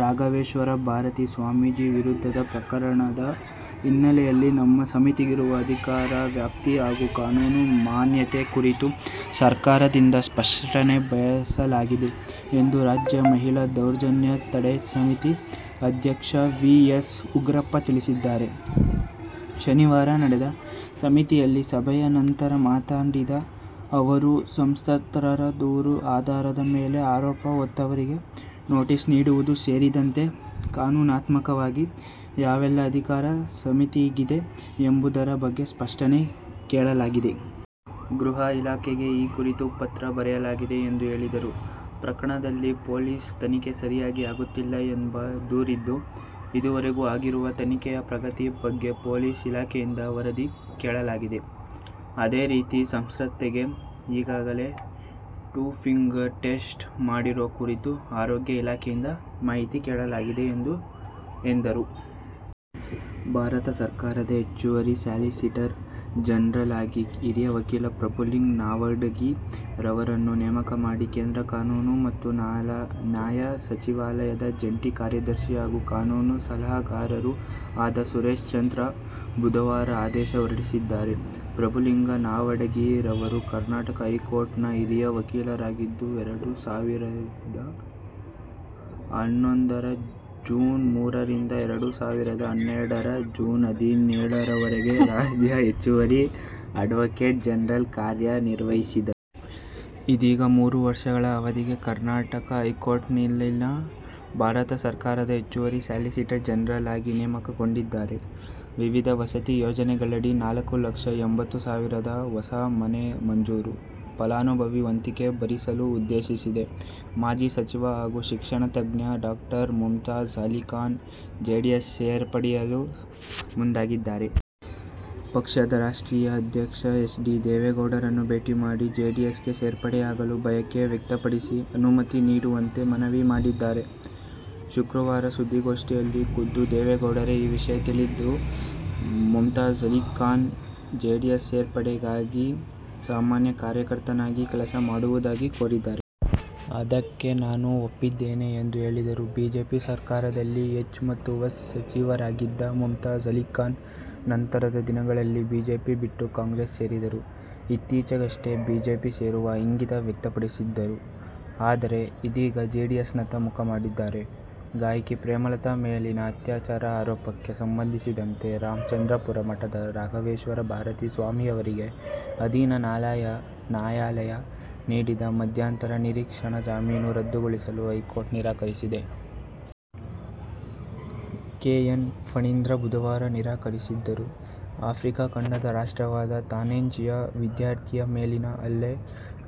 ರಾಘವೇಶ್ವರ ಭಾರತಿ ಸ್ವಾಮೀಜಿ ವಿರುದ್ಧದ ಪ್ರಕರಣದ ಹಿನ್ನೆಲೆಯಲ್ಲಿ ನಮ್ಮ ಸಮಿತಿಗಿರುವ ಅಧಿಕಾರ ವ್ಯಾಪ್ತಿ ಹಾಗೂ ಕಾನೂನು ಮಾನ್ಯತೆ ಕುರಿತು ಸರ್ಕಾರದಿಂದ ಸ್ಪಷ್ಟನೆ ಬಯಸಲಾಗಿದೆ ಎಂದು ರಾಜ್ಯ ಮಹಿಳಾ ದೌರ್ಜನ್ಯ ತಡೆ ಸಮಿತಿ ಅಧ್ಯಕ್ಷ ವಿ. ಎಸ್. ಉಗ್ರಪ್ಪ ತಿಳಿಸಿದ್ದಾರೆ. ಶನಿವಾರ ನಡೆದ ಸಮಿತಿಯ ಸಭೆಯ ನಂತರ ಮಾತನಾಡಿದ ಅವರು, ಸಂತ್ರಸ್ತರ ದೂರು ಆಧಾರದ ಮೇಲೆ ಆರೋಪ ಹೊತ್ತವರಿಗೆ ನೋಟಿಸ್ ನೀಡುವುದು ಸೇರಿದಂತೆ ಕಾನೂನಾತ್ಮಕವಾಗಿ ಯಾವೆಲ್ಲಾ ಅಧಿಕಾರ ಸಮಿತಿಗಿದೆ ಎಂಬುದರ ಬಗ್ಗೆ ಸ್ಪಷ್ಟನೆ ಕೇಳಲಾಗಿದೆ. ಗೃಹ ಇಲಾಖೆಗೆ ಈ ಕುರಿತು ಪತ್ರ ಬರೆಯಲಾಗಿದೆ ಎಂದು ಹೇಳಿದರು. ಪ್ರಕರಣದಲ್ಲಿ ಪೊಲೀಸ್ ತನಿಖೆ ಸರಿಯಾಗಿ ಆಗುತ್ತಿಲ್ಲ ಎಂಬ ದೂರಿದ್ದು, ಇದುವರೆಗೂ ಆಗಿರುವ ತನಿಖೆಯ ಪ್ರಗತಿ ಬಗ್ಗೆ ಪೊಲೀಸ್ ಇಲಾಖೆಯಿಂದ ವರದಿ ಕೇಳಲಾಗಿದೆ. ಅದೇ ರೀತಿ ಸಂತ್ರಸ್ತೆಗೆ ಈಗಾಗಲೇ "ಟೂ ಫಿಂಗರ್ ಟೆಸ್ಟ್' ಮಾಡಿರುವ ಕುರಿತು ಆರೋಗ್ಯ ಇಲಾಖೆಯಿಂದ ಮಾಹಿತಿ ಕೇಳಲಾಗಿದೆ ಎಂದರು. ಭಾರತ ಸರ್ಕಾರದ ಹೆಚ್ಚುವರಿ ಸಾಲಿಸಿಟರ್ ಜನರಲ್ ಆಗಿ ಹಿರಿಯ ವಕೀಲ ಪ್ರಭುಲಿಂಗ ನಾವಡಗಿ ಅವರನ್ನು ನೇಮಕ ಮಾಡಿ ಕೇಂದ್ರ ಕಾನೂನು ಮತ್ತು ನ್ಯಾಯ ಸಚಿವಾಲಯದ ಜಂಟಿ ಕಾರ್ಯದರ್ಶಿ ಹಾಗೂ ಕಾನೂನು ಸಲಹಾಗಾರರೂ ಆದ ಸುರೇಶ್ ಚಂದ್ರ ಬುಧವಾರ ಆದೇಶ ಹೊರಡಿಸಿದ್ದಾರೆ. ಪ್ರಭುಲಿಂಗ ನಾವಡಗಿ ಅವರು ಕರ್ನಾಟಕ ಹೈಕೋರ್ಟ್ನ ಹಿರಿಯ ವಕೀಲರಾಗಿದ್ದು, ಎರಡು ಸಾವಿರದ ಹನ್ನೊಂದರ ಜೂನ್ ಮೂರರಿಂದ ಎರಡು ಸಾವಿರದ ಹನ್ನೆರಡರ ಜನವರಿ ಹದಿನೇಳರವರೆಗೆ ರಾಜ್ಯ ಹೆಚ್ಚುವರಿ ಅಡ್ವೋಕೇಟ್ ಜನರಲ್ ಕಾರ್ಯ ನಿರ್ವಹಿಸಿದ್ದರು. ಇದೀಗ ಮೂರು ವರ್ಷಗಳ ಅವಧಿಗೆ ಕರ್ನಾಟಕ ಹೈಕೋರ್ಟ್ನಲ್ಲಿನ ಭಾರತ ಸರ್ಕಾರದ ಹೆಚ್ಚುವರಿ ಸಾಲಿಸಿಟರ್ ಜನರಲ್ ಆಗಿ ನೇಮಕಗೊಂಡಿದ್ದಾರೆ. ವಿವಿಧ ವಸತಿ ಯೋಜನೆಗಳಡಿ ನಾಲ್ಕುಲಕ್ಷ ಎಂಬತ್ತು ಸಾವಿರ ಹೊಸ ಮನೆ ಮಂಜೂರು. ಫಲಾನುಭವಿ ವಂತಿಗೆ ಭರಿಸಲು ಉದ್ದೇಶಿಸಿದೆ. ಮಾಜಿ ಸಚಿವ ಹಾಗೂ ಶಿಕ್ಷಣ ತಜ್ಞ ಡಾ ಮುಮ್ತಾಜ್ ಅಲಿಖಾನ್ ಜೆಡಿಎಸ್ ಸೇರ್ಪಡೆಯಾಗಲು ಮುಂದಾಗಿದ್ದಾರೆ. ಪಕ್ಷದ ರಾಷ್ಟ್ರೀಯ ಅಧ್ಯಕ್ಷ ಎಚ್. ಡಿ. ದೇವೇಗೌಡರನ್ನು ಭೇಟಿ ಮಾಡಿ ಜೆಡಿಎಸ್ಗೆ ಸೇರ್ಪಡೆಯಾಗುವ ಬಯಕೆ ವ್ಯಕ್ತಪಡಿಸಿ ಅನುಮತಿ ನೀಡುವಂತೆ ಮನವಿ ಮಾಡಿದ್ದಾರೆ. ಶುಕ್ರವಾರ ಸುದ್ದಿಗೋಷ್ಠಿಯಲ್ಲಿ ಖುದ್ದು ದೇವೇಗೌಡರೇ ಈ ವಿಷಯ ತಿಳಿಸಿದ್ದು, "ಮುಮ್ತಾಜ್ ಅಲಿ ಖಾನ್ ಜೆಡಿಎಸ್ ಸೇರ್ಪಡೆಯಾಗಿ ಸಾಮಾನ್ಯ ಕಾರ್ಯಕರ್ತನಾಗಿ ಕೆಲಸ ಮಾಡುವುದಾಗಿ ಕೋರಿದ್ದಾರೆ. ಅದಕ್ಕೆ ನಾನು ಒಪ್ಪಿದ್ದೇನೆ' ಎಂದು ಹೇಳಿದರು. ಬಿಜೆಪಿ ಸರ್ಕಾರದಲ್ಲಿ ಹಜ್ ಮತ್ತು ವಕ್ಫ್ ಸಚಿವರಾಗಿದ್ದ ಮುಮ್ತಾಜ್ ಅಲಿಖಾನ್ ನಂತರದ ದಿನಗಳಲ್ಲಿ ಬಿಜೆಪಿ ಬಿಟ್ಟು ಕಾಂಗ್ರೆಸ್ ಸೇರಿದ್ದರು. ಇತ್ತೀಚೆಗಷ್ಟೇ ಬಿಜೆಪಿ ಸೇರುವ ಇಂಗಿತ ವ್ಯಕ್ತಪಡಿಸಿದ್ದರು. ಆದರೆ, ಇದೀಗ ಜೆಡಿಎಸ್ನತ್ತ ಮುಖ ಮಾಡಿದ್ದಾರೆ. ಗಾಯಕಿ ಪ್ರೇಮಲತಾ ಮೇಲಿನ ಅತ್ಯಾಚಾರ ಆರೋಪಕ್ಕೆ ಸಂಬಂಧಿಸಿದಂತೆ ರಾಮಚಂದ್ರಪುರ ಮಠದ ರಾಘವೇಶ್ವರ ಭಾರತಿ ಸ್ವಾಮೀಜಿಯವರಿಗೆ ಅಧೀನ ನ್ಯಾಯಾಲಯ ನೀಡಿದ್ದ ಮಧ್ಯಂತರ ನಿರೀಕ್ಷಣಾ ಜಾಮೀನು ರದ್ದುಗೊಳಿಸಲು ಹೈಕೋರ್ಟ್ ನಿರಾಕರಿಸಿದೆ. ಕೆ. ಎನ್. ಫಣೀಂದ್ರ ಬುಧವಾರ ನಿರಾಕರಿಸಿದರು. ಆಫ್ರಿಕಾ ಖಂಡದ ರಾಷ್ಟ್ರವಾದ ತಾಂಜೇನಿಯಾ ವಿದ್ಯಾರ್ಥಿ ಮೇಲಿನ ಹಲ್ಲೆ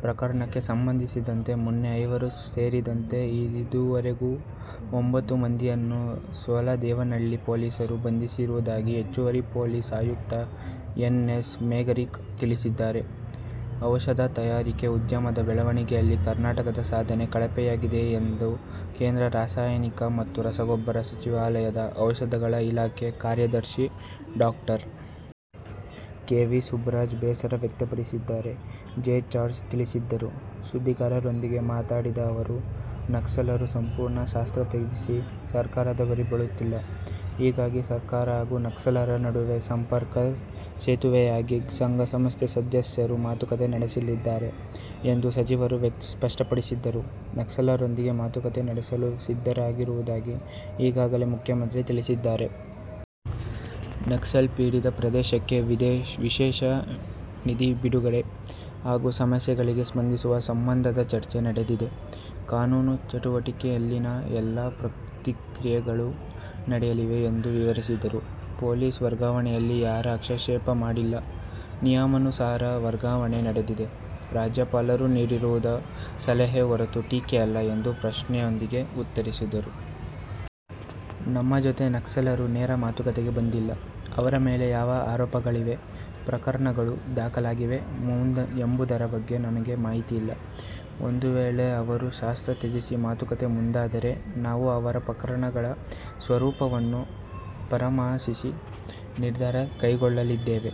ಪ್ರಕರಣಕ್ಕೆ ಸಂಬಂಧಿಸಿದಂತೆ ಮೊನ್ನೆ ಐವರು ಸೇರಿದಂತೆ ಈವರೆಗೆ ಒಂಬತ್ತು ಮಂದಿಯನ್ನು ಸೋಲದೇವನಹಳ್ಳಿ ಪೊಲೀಸರು ಬಂಧಿಸಿರುವುದಾಗಿ ಹೆಚ್ಚುವರಿ ಪೊಲೀಸ್ ಆಯುಕ್ತ ಎನ್ ಎಸ್ ಮೇಘರಿಕ್ ತಿಳಿಸಿದ್ದಾರೆ. ಔಷಧ ತಯಾರಿಕೆ ಉದ್ಯಮದ ಬೆಳವಣಿಗೆಯಲ್ಲಿ ಕರ್ನಾಟಕದ ಸಾಧನೆ ಕಳಪೆಯಾಗಿದೆ ಎಂದು ಕೇಂದ್ರ ರಾಸಾಯನಿಕ ಮತ್ತು ರಸಗೊಬ್ಬರ ಸಚಿವಾಲಯದ ಔಷಧಗಳ ಇಲಾಖೆ ಕಾರ್ಯದರ್ಶಿ ಡಾಕ್ಟರ್. ವಿ. ಕೆ. ಸುಬ್ಬರಾಜ್ ಬೇಸರ ವ್ಯಕ್ತಪಡಿಸಿದ್ದಾರೆ. ಜೆ. ಜಾರ್ಜ್ ತಿಳಿಸಿದರು. ಸುದ್ದಿಗಾರರೊಂದಿಗೆ ಮಾತನಾಡಿದ ಅವರು, ನಕ್ಸಲರು ಸಂಪೂರ್ಣ ಶಸ್ತ್ರ ತ್ಯಜಿಸಿ ಸರ್ಕಾರದ ಬಳಿ ಬರುತ್ತಿಲ್ಲ. ಹೀಗಾಗಿ ಸರ್ಕಾರ ಹಾಗೂ ನಕ್ಸಲರ ನಡುವೆ ಸಂಪರ್ಕ ಸೇತುವೆಯಾಗಿ ಸಂಘ-ಸಂಸ್ಥೆ ಸದಸ್ಯರು ಮಾತುಕತೆ ನಡೆಸಲಿದ್ದಾರೆ ಎಂದು ಸಚಿವರು ಸ್ಪಷ್ಟಪಡಿಸಿದರು. ನಕ್ಸಲರೊಂದಿಗೆ ಮಾತುಕತೆ ನಡೆಸಲು ಸಿದ್ಧವಿರುವುದಾಗಿ ಈಗಾಗಲೇ ಮುಖ್ಯಮಂತ್ರಿ ತಿಳಿಸಿದ್ದಾರೆ. ನಕ್ಸಲ ಪೀಡಿತ ಪ್ರದೇಶಕ್ಕೆ ವಿಶೇಷ ನಿಧಿ ಬಿಡುಗಡೆ ಹಾಗೂ ಸಮಸ್ಯೆಗಳಿಗೆ ಸ್ಪಂದಿಸುವ ಸಂಬಂಧದ ಚರ್ಚೆ ನಡೆದಿದೆ. ಕಾನೂನು ಚೌಕಟ್ಟಿನಲ್ಲಿಯೇ ಎಲ್ಲ ಪ್ರಕ್ರಿಯೆಗಳು ನಡೆಯಲಿವೆ ಎಂದು ವಿವರಿಸಿದರು. ಪೊಲೀಸರ ವರ್ಗಾವಣೆಯಲ್ಲಿ ಯಾರೂ ಹಸ್ತಕ್ಷೇಪ ಮಾಡಿಲ್ಲ. ನಿಯಮಾನುಸಾರ ವರ್ಗಾವಣೆ ನಡೆದಿದೆ. ರಾಜ್ಯಪಾಲರು ನೀಡಿರುವುದು ಸಲಹೆಯೇ ಹೊರತು ಟೀಕೆಯಲ್ಲ ಎಂದು ಪ್ರಶ್ನೆಯೊಂದಕ್ಕೆ ಉತ್ತರಿಸಿದರು. ನಮ್ಮ ಜೊತೆ ನಕ್ಸಲರು ನೇರ ಮಾತುಕತೆಗೆ ಬಂದಿಲ್ಲ, ಅವರ ಮೇಲೆ ಯಾವ ಆರೋಪಗಳಿವೆ, ಪ್ರಕರಣಗಳು ದಾಖಲಾಗಿವೆ ಎಂಬುದರ ಬಗ್ಗೆ ನನಗೆ ಮಾಹಿತಿ ಇಲ್ಲ, ಒಂದು ವೇಳೆ ಅವರು ಶಸ್ತ್ರ ತ್ಯಜಿಸಿ ಮಾತುಕತೆ ಮುಂದಾದರೆ ನಾವು ಅವರ ಪ್ರಕರಣಗಳ ಸ್ವರೂಪವನ್ನು ಪರಾಮರ್ಶಿಸಿ ನಿರ್ಧಾರ ಕೈಗೊಳ್ಳಲಿದ್ದೇವೆ.